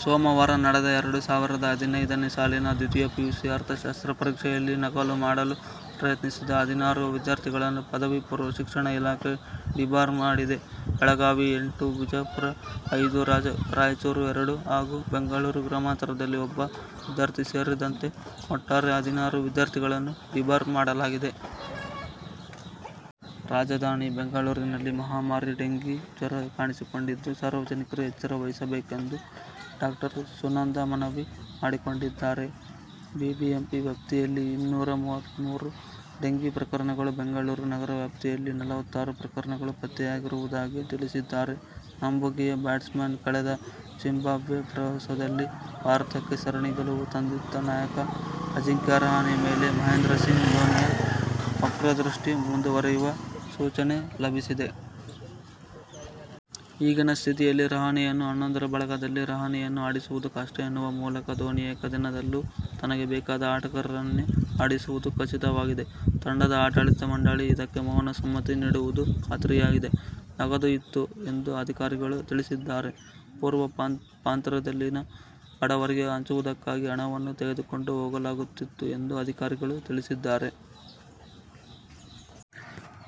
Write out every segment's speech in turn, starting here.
ಸೋಮವಾರ ನಡೆದ ಎರಡು ಸಾವಿರದ ಹದಿನೈದನೇ ಸಾಲಿನ ದ್ವಿತೀಯ ಪಿಯುಸಿ ಅರ್ಥಶಾಸ್ತ್ರ ಪರೀಕ್ಷೆಯಲ್ಲಿ ನಕಲು ಮಾಡಲು ಪ್ರಯತ್ನಿಸಿದ ಹದಿನಾರು ವಿದ್ಯಾರ್ಥಿಗಳನ್ನು ಪದವಿ ಪೂರ್ವ ಶಿಕ್ಷಣ ಇಲಾಖೆ ಡಿಬಾರ್ ಮಾಡಿದೆ. ಬೆಳಗಾವಿ- ಎಂಟು, ವಿಜಾಪುರ- ಐದು, ರಾಯಚೂರು- ಎರಡು ಹಾಗೂ ಬೆಂಗಳೂರು ಗ್ರಾಮಾಂತರದಲ್ಲಿ ಒಬ್ಬ ವಿದ್ಯಾರ್ಥಿ ಸೇರಿದಂತೆ ಒಟ್ಟಾರೆ ಹದಿನಾರು ವಿದ್ಯಾರ್ಥಿಗಳನ್ನು ಡಿಬಾರ್ ಮಾಡಲಾಗಿದೆ. ರಾಜಧಾನಿ ಬೆಂಗಳೂರಿನಲ್ಲಿ ಮಹಾಮಾರಿ ಡೇಂಘಿ ಜ್ವರ ಕಾಣಿಸಿಕೊಂಡಿದ್ದು, ಸಾರ್ವಜನಿಕರು ಎಚ್ಚರ ವಹಿಸಬೇಕೆಂದು ಡಾ. ಸುನಂದಾ ಮನವಿ ಮಾಡಿಕೊಂಡಿದ್ದಾರೆ. ಬಿಬಿಎಂಪಿ ವ್ಯಾಪ್ತಿಯಲ್ಲಿ ಇನ್ನೂರ ಮೂವತ್ತಮೂರು ಡೇಂಘೀ ಪ್ರಕರಣಗಳು, ಬೆಂಗಳೂರು ನಗರ ವ್ಯಾಪ್ತಿಯಲ್ಲಿ ನಲವತ್ತಾರು ಪ್ರಕರಣಗಳು ಪತ್ತೆಯಾಗಿರುವುದಾಗಿ ತಿಳಿಸಿದ್ದಾರೆ. ನಂಬುಗೆಯ ಬ್ಯಾಟ್ಸ್ಮನ್, ಕಳೆದ ಜಿಂಬಾಬ್ವೆ ಪ್ರವಾಸದಲ್ಲಿ ಭಾರತಕ್ಕೆ ಸರಣಿ ಗೆಲುವು ತಂದಿತ್ತ ನಾಯಕ ಅಜಿಂಕ್ಯ ರಹಾನೆ ಮೇಲೆ ಮಹೇಂದ್ರ ಸಿಂಗ್ ಧೋನಿಯ ವಕ್ರದೃಷ್ಟಿ ಮುಂದುವರಿಯುವ ಸೂಚನೆ ಲಭಿಸಿದೆ. ಈಗಿನ ಸ್ಥಿತಿಯಲ್ಲಿ ರಹಾನೆಯನ್ನು ಹನ್ನೊಂದರ ಬಳಗದಲ್ಲಿ ರಹಾನೆಯನ್ನು ಆಡಿಸುವುದು ಕಷ್ಟ ಎನ್ನುವ ಮೂಲಕ ಧೋನಿ ಏಕದಿನದಲ್ಲೂ ತನಗೆ ಬೇಕಾದ ಆಟಗಾರರನ್ನೇ ಆಡಿಸುವುದು ಖಚಿತವಾಗಿದೆ. ತಂಡದ ಆಡಳಿತ ಮಂಡಳಿ ಇದಕ್ಕೆ ಮೌನ ಸಮ್ಮತಿ ನೀಡುವುದೂ ಖಾತ್ರಿಯಾಗಿದೆ. ನಗದು ಇತ್ತು ಎಂದು ಅಧಿಕಾರಿಗಳು ತಿಳಿಸಿದ್ದಾರೆ. ಪೂರ್ವ ಪಾಂತ್ರ್ಯದಲ್ಲಿನ ಬಡವರಿಗೆ ಹಂಚುವುದಕ್ಕಾಗಿ ಹಣವನ್ನು ತೆಗೆದುಕೊಂಡು ಹೋಗಲಾಗುತ್ತಿತ್ತು ಎಂದು ಅಧಿಕಾರಿಗಳು ತಿಳಿಸಿದ್ದಾರೆ.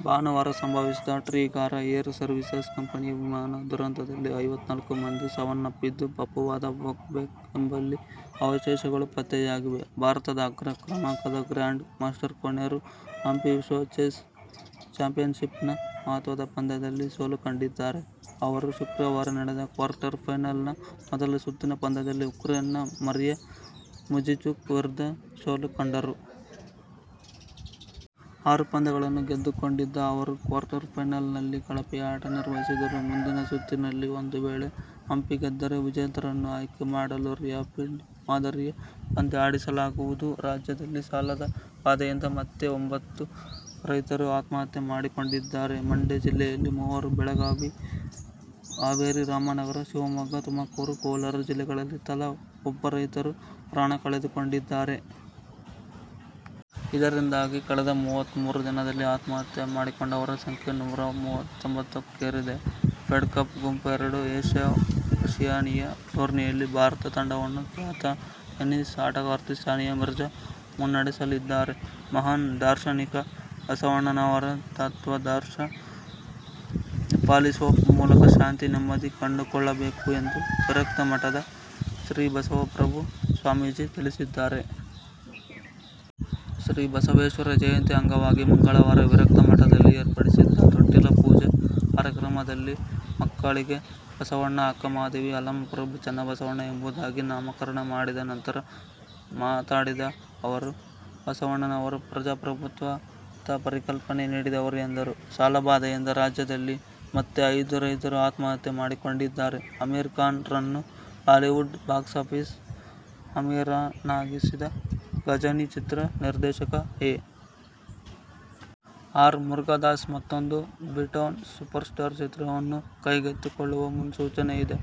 ಭಾನುವಾರ ಸಂಭವಿಸಿದ ಟ್ರಿಗಾರಾ ಏರ್ ಸರ್ವೀಸಸ್ ಕಂಪನಿಯ ವಿಮಾನ ದುರಂತದಲ್ಲಿ ಐವತ್ತನಾಲ್ಕು ಮಂದಿ ಸಾವನ್ನಪ್ಪಿದ್ದು, ಪಪುವಾದ ಓಕ್ಬೇಪ್ ಎಂಬಲ್ಲಿ ಅವಶೇಷಗಳು ಪತ್ತೆಯಾಗಿವೆ. ಭಾರತದ ಅಗ್ರ ಕ್ರಮಾಂಕದ ಗ್ರ್ಯಾಂಡ್ ಮಾಸ್ಟರ್ ಕೊನೆರು ಹಂಪಿ ವಿಶ್ವ ಚೆಸ್ ಚಾಂಪಿಯನ್ಶಿಪ್ನ ಮಹತ್ವದ ಪಂದ್ಯದಲ್ಲಿ ಸೋಲು ಕಂಡಿದ್ದಾರೆ. ಅವರು ಶುಕ್ರವಾರ ನಡೆದ ಕ್ವಾರ್ಟರ್ ಫೈನಲ್ನ ಮೊದಲ ಸುತ್ತಿನ ಪಂದ್ಯದಲ್ಲಿ ಉಕ್ರೇನ್ನ ಮರಿಯಾ ಮುಜಿಚುಕ್ ವಿರುದ್ಧ ಸೋಲು ಕಂಡರು. ಆರು ಪಂದ್ಯಗಳನ್ನು ಗೆದ್ದುಕೊಂಡಿದ್ದ ಅವರು ಕ್ವಾರ್ಟರ್ಫೈನಲ್ನಲ್ಲಿ ಕಳಪೆ ಆಟ ನಿರ್ವಹಿಸಿದರು. ಮುಂದಿನ ಸುತ್ತಿನಲ್ಲಿ ಒಂದು ವೇಳೆ ಹಂಪಿ ಗೆದ್ದರೆ, ವಿಜೇತರನ್ನು ಆಯ್ಕೆ ಮಾಡಲು, ರ್ಯಾಪಿಡ್ ಮಾದರಿಯ ಪಂದ್ಯ ಆಡಿಸಲಾಗುವುದು. ರಾಜ್ಯದಲ್ಲಿ ಸಾಲದ ಬಾಧೆಯಿಂದ ಮತ್ತೆ ಒಂಬತ್ತು ರೈತರು ಆತ್ಮಹತ್ಯೆ ಮಾಡಿಕೊಂಡಿದ್ದಾರೆ. ಮಂಡ್ಯ ಜಿಲ್ಲೆಯಲ್ಲಿ ಮೂವರು, ಬೆಳಗಾವಿ, ಹಾವೇರಿ, ರಾಮನಗರ, ಶಿವಮೊಗ್ಗ, ತುಮಕೂರು, ಕೋಲಾರ ಜಿಲ್ಲೆಗಳಲ್ಲಿ ತಲಾ ಒಬ್ಬ ರೈತರು ಪ್ರಾಣ ಕಳೆದುಕೊಂಡಿದ್ದಾರೆ. ಇದರಿಂದಾಗಿ ಕಳೆದ ಮೂವತ್ತಮೂರು ದಿನದಲ್ಲಿ ಆತ್ಮಹತ್ಯೆ ಮಾಡಿಕೊಂಡವರ ಸಂಖ್ಯೆ ನೂರಾಮೂವತ್ತೊಂಬ್ಬತ್ತು ಕ್ಕೇರಿದೆ. ಫೆಡ್ಕಪ್ ಗುಂಪು ಎರಡು ಏಶ್ಯಾ-ಒಶಿಯಾನಿಯಾ ಟೂರ್ನಿಯಲ್ಲಿ ಭಾರತ ತಂಡವನ್ನು ಖ್ಯಾತ ಟೆನ್ನಿಸ್ ಆಟಗಾರ್ತಿ ಸಾನಿಯಾ ಮಿರ್ಜಾ ಮುನ್ನಡೆಸಲಿದ್ದಾರೆ. ಮಹಾನ್ ದಾರ್ಶನಿಕ ಬಸವಣ್ಣನವರ ತತ್ವಾದರ್ಶ ಪಾಲಿಸುವ ಮೂಲಕ ಶಾಂತಿ, ನೆಮ್ಮದಿ ಕಂಡುಕೊಳ್ಳಬೇಕು ಎಂದು ವಿರಕ್ತ ಮಠದ ಶ್ರೀ ಬಸವಪ್ರಭು ಸ್ವಾಮೀಜಿ ತಿಳಿಸಿದ್ದಾರೆ. ಶ್ರೀ ಬಸವೇಶ್ವರ ಜಯಂತಿ ಅಂಗವಾಗಿ ಮಂಗಳವಾರ ವಿರಕ್ತ ಮಠದಲ್ಲಿ ಏರ್ಪಡಿಸಿದ್ದ ತೊಟ್ಟಿಲ ಪೂಜೆ ಕಾರ್ಯಕ್ರಮದಲ್ಲಿ ಮಕ್ಕಳಿಗೆ ಬಸವಣ್ಣ, ಅಕ್ಕಮಹಾದೇವಿ, ಅಲ್ಲಮಪ್ರಭು, ಚನ್ನಬಸವಣ್ಣ ಎಂಬುದಾಗಿ ನಾಮಕರಣ ಮಾಡಿದ ನಂತರ ಮಾತನಾಡಿದ ಅವರು, ಬಸವಣ್ಣನವರು ಪ್ರಜಾಪ್ರಭುತ್ವದಪರಿಕಲ್ಪನೆ ನೀಡಿದವರು ಎಂದರು. ಸಾಲಬಾಧೆಯಿಂದ ರಾಜ್ಯದಲ್ಲಿ ಮತ್ತೆ ಐದು ರೈತರು ಆತ್ಮಹತ್ಯೆ ಮಾಡಿಕೊಂಡಿದ್ದಾರೆ. ಅಮೀರ್ ಖಾನ್'ರನ್ನು ಬಾಲಿವುಡ್ ಬಾಕ್ಸಾಫೀಸ್ ಅಮೀರನಾಗಿಸಿದ ಘಜನಿ ಚಿತ್ರ ನಿರ್ದೇಶಕ ಎ. ಆರ್. ಮುರುಗದಾಸ್ ಮತ್ತೊಂದು ಬಿಟೌನ್ ಸೂಪರ್ ಸ್ಟಾರ್ ಚಿತ್ರವನ್ನು ಕೈಗೆತ್ತಿಕೊಳ್ಳುವ ಮುನ್ಸೂಚನೆಯಿದೆ.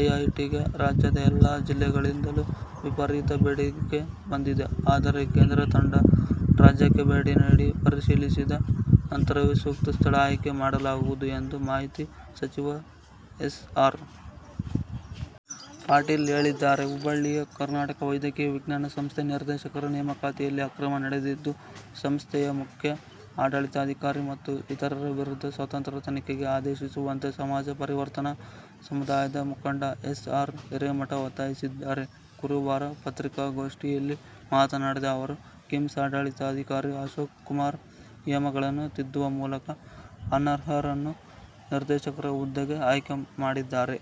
ಐಐಟಿಗೆ ರಾಜ್ಯದ ಎಲ್ಲಾ ಜಿಲ್ಲೆಗಳಿಂದಲೂ ವಿಪರೀತ ಬೇಡಿಕೆ ಬಂದಿದೆ. ಆದರೆ, ಕೇಂದ್ರ ತಂಡ ರಾಜ್ಯಕ್ಕೆ ಭೇಟಿ ನೀಡಿ ಪರಿಶೀಲಿಸಿದ ನಂತರವೇ ಸೂಕ್ತ ಸ್ಥಳ ಆಯ್ಕೆ ಮಾಡಲಾಗುವುದು ಎಂದು ಮಾಹಿತಿ, ಸಚಿವ ಎಸ್. ಆರ್. ಪಾಟೀಲ್ ಹೇಳಿದ್ದಾರೆ. ಹುಬ್ಬಳ್ಳಿಯ ಕರ್ನಾಟಕ ವೈದ್ಯಕೀಯ ವಿಜ್ಞಾನ ಸಂಸ್ಥೆ ನಿರ್ದೇಶಕರ ನೇಮಕಾತಿಯಲ್ಲಿ ಅಕ್ರಮ ನಡೆದಿದ್ದು, ಸಂಸ್ಥೆಯ ಮುಖ್ಯ ಆಡಳಿತಾಧಿಕಾರಿ ಮತ್ತು ಇತರರ ವಿರುದ್ಧ ಸ್ವತಂತ್ರ ತನಿಖೆಗೆ ಆದೇಶಿಸುವಂತೆ ಸಮಾಜ ಪರಿವರ್ತನಾ ಸಮುದಾಯದ ಮುಖಂಡ ಎಸ್. ಆರ್. ಹಿರೇಮಠ ಒತ್ತಾಯಿಸಿದ್ದಾರೆ. ಗುರುವಾರ ಪತ್ರಿಕಾಗೋಷ್ಠಿಯಲ್ಲಿ ಮಾತನಾಡಿದ ಅವರು, ಕಿಮ್ಸ್ ಆಡಳಿತಾಧಿಕಾರಿ ಅಶೋಕ್ಕುಮಾರ್ ನಿಯಮಗಳನ್ನು ತಿದ್ದುವ ಮೂಲಕ ಅನರ್ಹರನ್ನು ನಿರ್ದೇಶಕರ ಹುದ್ದೆಗೆ ಆಯ್ಕೆ ಮಾಡಿದ್ದಾರೆ.